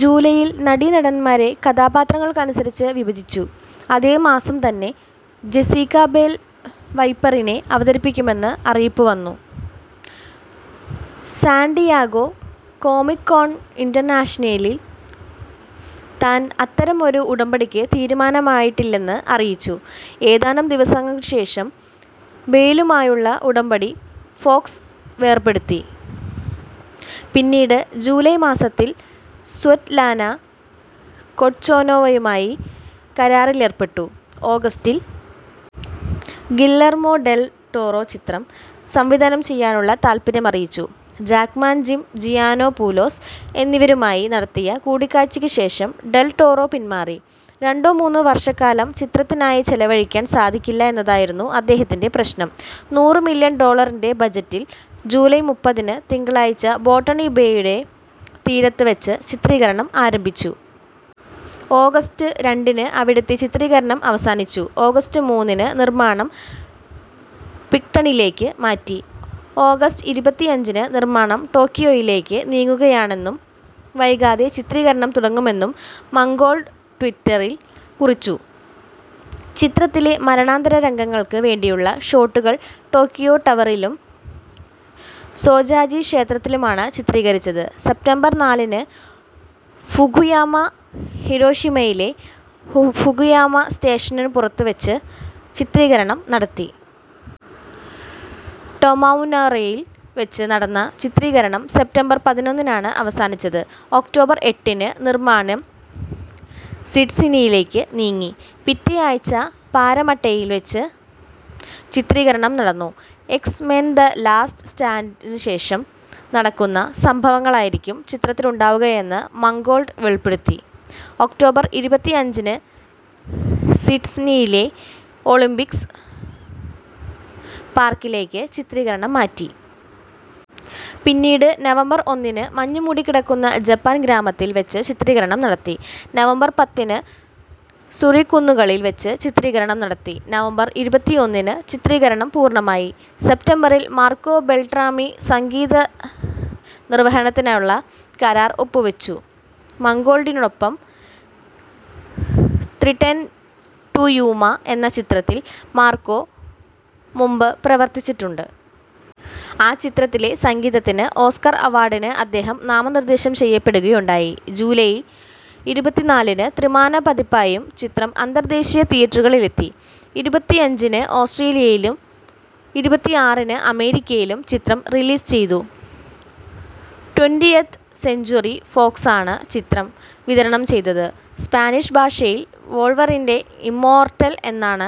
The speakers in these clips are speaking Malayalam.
ജൂലൈയിൽ നടീനടന്മാരെ കഥാപാത്രങ്ങൾക്കനുസരിച്ച് വിഭജിച്ചു. അതേ മാസം തന്നെ ജെസ്സിക്ക ബേൽ വൈപ്പറിനെ അവതരിപ്പിക്കുമെന്ന് അറിയിപ്പുവന്നു. സാൻ ഡിയേഗോ കോമിക് കോൺ ഇന്റർനാഷണലിൽ താൻ അത്തരമൊരു ഉടമ്പടിക്ക് തീരുമാനമായിട്ടില്ലെന്ന് അറിയിച്ചു. ഏതാനും ദിവസങ്ങൾക്ക് ശേഷം ബേലുമായുള്ള ഉടമ്പടി ഫോക്സ് വേർപെടുത്തി. പിന്നീട് ജൂലൈ മാസത്തിൽ സ്വെറ്റ്ലാന കൊട്ചെനോവയുമായി കരാറിലേർപ്പെട്ടു. ഓഗസ്റ്റിൽ ഗില്ലർമോ ഡെൽ ടോറോ ചിത്രം സംവിധാനം ചെയ്യാനുള്ള താൽപര്യം അറിയിച്ചു. ജാക്ക്മാൻ, ജിം ജിയാനോപുലോസ് എന്നിവരുമായി നടത്തിയ കൂടിക്കാഴ്ചയ്ക്ക് ശേഷം ഡെൽ ടോറോ പിന്മാറി. രണ്ടോ മൂന്നോ വർഷക്കാലം ചിത്രത്തിനായി ചെലവഴിക്കാൻ സാധിക്കില്ല എന്നതായിരുന്നു അദ്ദേഹത്തിൻ്റെ പ്രശ്നം.നൂറ് മില്യൺ ഡോളറിൻ്റെ ബജറ്റിൽ ജൂലൈ മുപ്പതിന് തിങ്കളാഴ്ച ബോട്ടണി ബേയുടെ തീരത്ത് വച്ച് ചിത്രീകരണം ആരംഭിച്ചു. ഓഗസ്റ്റ് രണ്ടിന് അവിടുത്തെ ചിത്രീകരണം അവസാനിച്ചു. ഓഗസ്റ്റ് മൂന്നിന് നിർമ്മാണം പിക്ടണിലേക്ക് മാറ്റി. ഓഗസ്റ്റ് ഇരുപത്തിയഞ്ചിന് നിർമ്മാണം ടോക്കിയോയിലേക്ക് നീങ്ങുകയാണെന്നും വൈകാതെ ചിത്രീകരണം തുടങ്ങുമെന്നും മാങ്കോൾഡ് ട്വിറ്ററിൽ കുറിച്ചു. ചിത്രത്തിലെ മരണാനന്തര രംഗങ്ങൾക്ക് വേണ്ടിയുള്ള ഷോട്ടുകൾ ടോക്കിയോ ടവറിലും സോജാജി ക്ഷേത്രത്തിലുമാണ് ചിത്രീകരിച്ചത്. സെപ്റ്റംബർ നാലിന് ഫുകുയാമ, ഹിരോഷിമയിലെ ഫുകുയാമ സ്റ്റേഷനു പുറത്തുവച്ച് ചിത്രീകരണം നടത്തി. ടൊമനൗറയിൽ വച്ച് നടന്ന ചിത്രീകരണം സെപ്റ്റംബർ പതിനൊന്നിനാണ് അവസാനിച്ചത്. ഒക്ടോബർ എട്ടിന് നിർമ്മാണം സിഡ്നിയിലേക്ക് നീങ്ങി. പിറ്റേ ആഴ്ച പാരമട്ടയിൽ വച്ച് ചിത്രീകരണം നടന്നു. എക്സ് മെൻ ദ ലാസ്റ്റ് സ്റ്റാൻഡിന് ശേഷം നടക്കുന്ന സംഭവങ്ങളായിരിക്കും ചിത്രത്തിലുണ്ടാവുകയെന്ന് മാങ്കോൾഡ് വെളിപ്പെടുത്തി. ഒക്ടോബർ ഇരുപത്തിയഞ്ചിന് സിറ്റ്സിഡ്നിയിലെ ഒളിമ്പിക് പാർക്കിലേക്ക് ചിത്രീകരണം മാറ്റി. പിന്നീട് നവംബർ ഒന്നിന് മഞ്ഞുമൂടിക്കിടക്കുന്ന ജപ്പാൻ ഗ്രാമത്തിൽ വച്ച് ചിത്രീകരണം നടത്തി. നവംബർ പത്തിന് സുറി കുന്നുകളിൽ വച്ച് ചിത്രീകരണം നടത്തി. നവംബർ ഇരുപത്തിയൊന്നിന് ചിത്രീകരണം പൂർണമായി. സെപ്റ്റംബറിൽ മാർക്കോ ബെൽട്രാമി സംഗീത നിർവഹണത്തിനുള്ള കരാർ ഒപ്പുവച്ചു. മാങ്കോൾഡിനൊപ്പം ത്രീ ടെൻ ടു യൂമ എന്ന ചിത്രത്തിൽ മാർക്കോ മുമ്പ് പ്രവർത്തിച്ചിട്ടുണ്ട്. ആ ചിത്രത്തിലെ സംഗീതത്തിന് ഓസ്കർ അവാർഡിന് അദ്ദേഹം നാമനിർദ്ദേശം ചെയ്യപ്പെടുകയുണ്ടായി. ജൂലൈ ഇരുപത്തിനാലിന് ത്രിമാന പതിപ്പായും ചിത്രം അന്തർദേശീയ തിയേറ്ററുകളിലെത്തി. ഇരുപത്തിയഞ്ചിന് ഓസ്ട്രേലിയയിലും ഇരുപത്തിയാറിന് അമേരിക്കയിലും ചിത്രം റിലീസ് ചെയ്തു. ട്വന്റിയത്ത് സെഞ്ച്വറി ഫോക്സാണ് ചിത്രം വിതരണം ചെയ്തത്. സ്പാനിഷ് ഭാഷയിൽ വോൾവറിൻ ഇമ്മോർട്ടൽ എന്നാണ്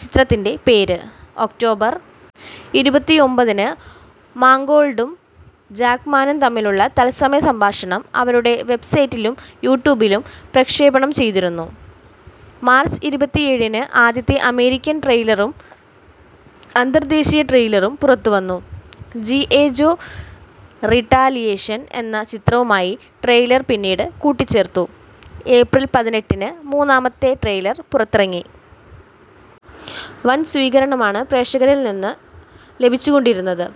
ചിത്രത്തിൻ്റെ പേര്. ഒക്ടോബർ ഇരുപത്തിയൊമ്പതിന് മാങ്കോൾഡും ജാക്ക്മാനും തമ്മിലുള്ള തത്സമയ സംഭാഷണം അവരുടെ വെബ്സൈറ്റിലും യൂട്യൂബിലും പ്രക്ഷേപണം ചെയ്തിരുന്നു. മാർച്ച് ഇരുപത്തിയേഴിന് ആദ്യ അമേരിക്കൻ ട്രെയിലറും അന്തർദേശീയ ട്രെയിലറും പുറത്തുവന്നു. ജി ഐ ജോ റിടാലിയേഷൻ എന്ന ചിത്രവുമായി ട്രെയിലർ പിന്നീട് കൂട്ടിച്ചേർത്തു. ഏപ്രിൽ പതിനെട്ടിന് മൂന്നാമത്തെ ട്രെയിലർ പുറത്തിറങ്ങി. വൻ സ്വീകരണമാണ് പ്രേക്ഷകരിൽ നിന്ന് ലഭിച്ചുകൊണ്ടിരുന്നത്.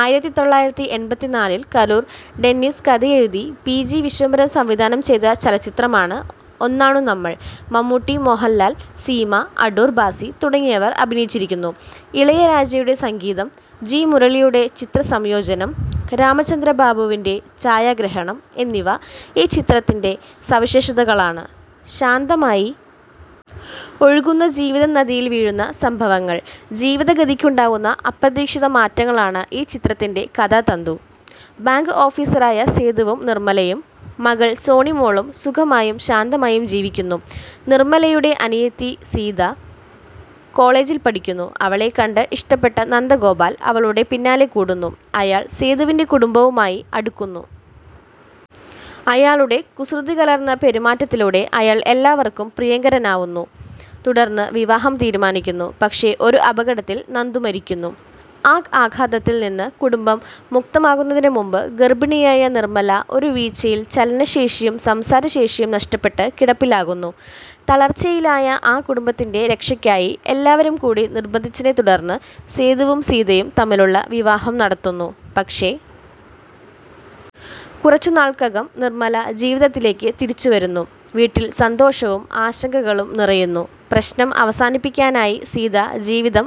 ആയിരത്തി തൊള്ളായിരത്തി എൺപത്തിനാലിൽ കലൂർ ഡെന്നീസ് കഥയെഴുതി പി ജി വിശ്വംഭരൻ സംവിധാനം ചെയ്ത ചലച്ചിത്രമാണ് ഒന്നാണു നമ്മൾ. മമ്മൂട്ടി, മോഹൻലാൽ, സീമ, അടൂർ ഭാസി തുടങ്ങിയവർ അഭിനയിച്ചിരിക്കുന്നു. ഇളയരാജയുടെ സംഗീതം, ജി മുരളിയുടെ ചിത്രസംയോജനം, രാമചന്ദ്രബാബുവിൻ്റെ ഛായാഗ്രഹണം എന്നിവ ഈ ചിത്രത്തിൻ്റെ സവിശേഷതകളാണ്. ശാന്തമായി ഒഴുകുന്ന ജീവിതനദിയിൽ വീഴുന്ന സംഭവങ്ങൾ ജീവിതഗതിക്കുണ്ടാക്കുന്ന അപ്രതീക്ഷിത മാറ്റങ്ങളാണ് ഈ ചിത്രത്തിൻ്റെ കഥാതന്തു. ബാങ്ക് ഓഫീസറായ സേതുവും നിർമ്മലയും മകൾ സോണിമോളും സുഖമായും ശാന്തമായും ജീവിക്കുന്നു. നിർമ്മലയുടെ അനിയത്തി സീത കോളജിൽ പഠിക്കുന്നു. അവളെ കണ്ട് ഇഷ്ടപ്പെട്ട നന്ദഗോപാൽ അവളുടെ പിന്നാലെ കൂടുന്നു. അയാൾ സേതുവിൻ്റെ കുടുംബവുമായി അടുക്കുന്നു. അയാളുടെ കുസൃതികലർന്ന പെരുമാറ്റത്തിലൂടെ അയാൾ എല്ലാവർക്കും പ്രിയങ്കരനാകുന്നു. തുടർന്ന് വിവാഹം തീരുമാനിക്കുന്നു. പക്ഷേ ഒരു അപകടത്തിൽ നന്ദു മരിക്കുന്നു. ആ ആഘാതത്തിൽ നിന്ന് കുടുംബം മുക്തമാകുന്നതിന് മുമ്പ് ഗർഭിണിയായ നിർമ്മല ഒരു വീഴ്ചയിൽ ചലനശേഷിയും സംസാരശേഷിയും നഷ്ടപ്പെട്ട് കിടപ്പിലാകുന്നു. തളർച്ചയിലായ ആ കുടുംബത്തിൻ്റെ രക്ഷയ്ക്കായി എല്ലാവരും കൂടി നിർബന്ധിച്ചതിനെ തുടർന്ന് സേതുവും സീതയും തമ്മിലുള്ള വിവാഹം നടത്തുന്നു. പക്ഷേ കുറച്ച് നാൾക്കകം നിർമ്മല ജീവിതത്തിലേക്ക് തിരിച്ചുവരുന്നു. വീട്ടിൽ സന്തോഷവും ആശങ്കകളും നിറയുന്നു. പ്രശ്നം അവസാനിപ്പിക്കാനായി സീത ജീവിതം അവസാനിപ്പിക്കുന്നു